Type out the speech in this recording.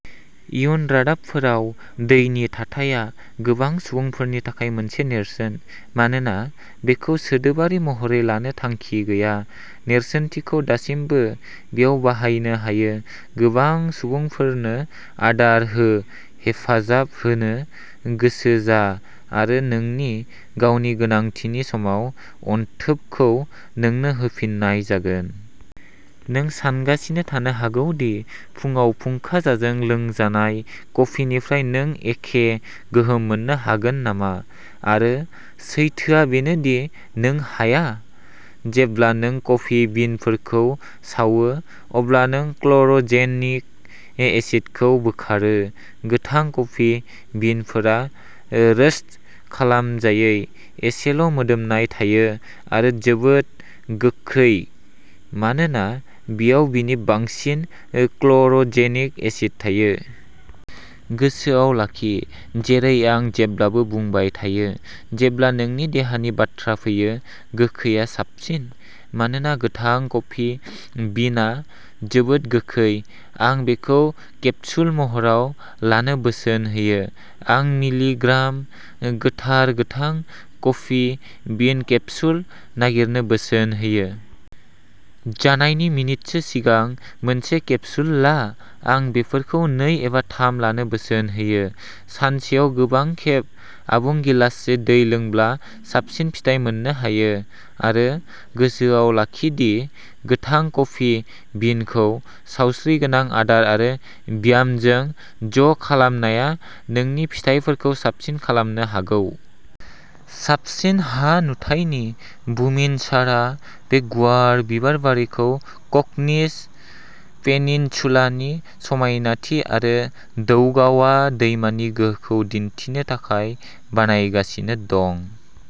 इयुन रादाबफोराव, दैनि थाथाया गोबां सुबुंफोरनि थाखाय मोनसे नेरसोन। मानोना बेखौ सोदोबारि महरै लानो थांखि गैया, नेरसोनथिखौ दासिमबो बेयाव बाहायनो हायोः गोबां सुबुंफोरनो आदार हो-हेफाजाब होनो गोसो जा आरो नोंनि गावनि गोनांथिनि समाव, अनथोबखौ नोंनो होफिननाय जागोन। नों सानगासिनो थानो हागौ दि फुंआव फुंखाजाजों लोंजानाय कफिनिफ्राय नों एखे गोहोम मोननो हागोन नामा-आरो सैथोआ बेनो दि नों हाया। जेब्ला नों कफि बिनफोरखौ सावो, अब्ला नों क्ल'र'जेनिक एसिडखौ बोखारो। गोथां कफि बिनफोरा रोस्ट खालामजायै, एसेल'मोदोमनाय थायो आरो जोबोद गोखै-मानोना बेयाव नि बांसिन क्ल'र'जेनिक एसिड थायो। गोसोआव लाखि, जेरै आं जेब्लाबो बुंबाय थायो, जेब्ला नोंनि देहानि बाथ्रा फैयो, "गोखैआ साबसिन"। मानोना गोथां कफि बिनआ जोबोद गोखै, आं बेखौ केप्सुल महराव लानो बोसोन होयो। आं मिलिग्राम गोथार गोथां कफि बिन केप्सुल नागिरनो बोसोन होयो। जानायनि मिनिटसो सिगां मोनसे केप्सुल ला; आं बेफोरखौ नै एबा थाम लानो बोसोन होयो। सानसेयाव गोबां खेब आबुं गिलाससे दै लोंब्ला साबसिन फिथाय मोननो हायो। आरो गोसोआव लाखि दि गोथां कफि बिनखौ सावस्रिगोनां आदार आरो ब्यामजों ज'खालामनाया नोंनि फिथाइफोरखौ साबसिन खालामनो हागौ! साबसिन हा-नुथायनि बुमिनसारआ बे गुवार बिबारबारिखौ क'कनिज पेनिनसुलानि समायनाथि आरो दौगावा दैमानि गोहोखौ दिन्थिनो थाखाय बानायगासिनो दं।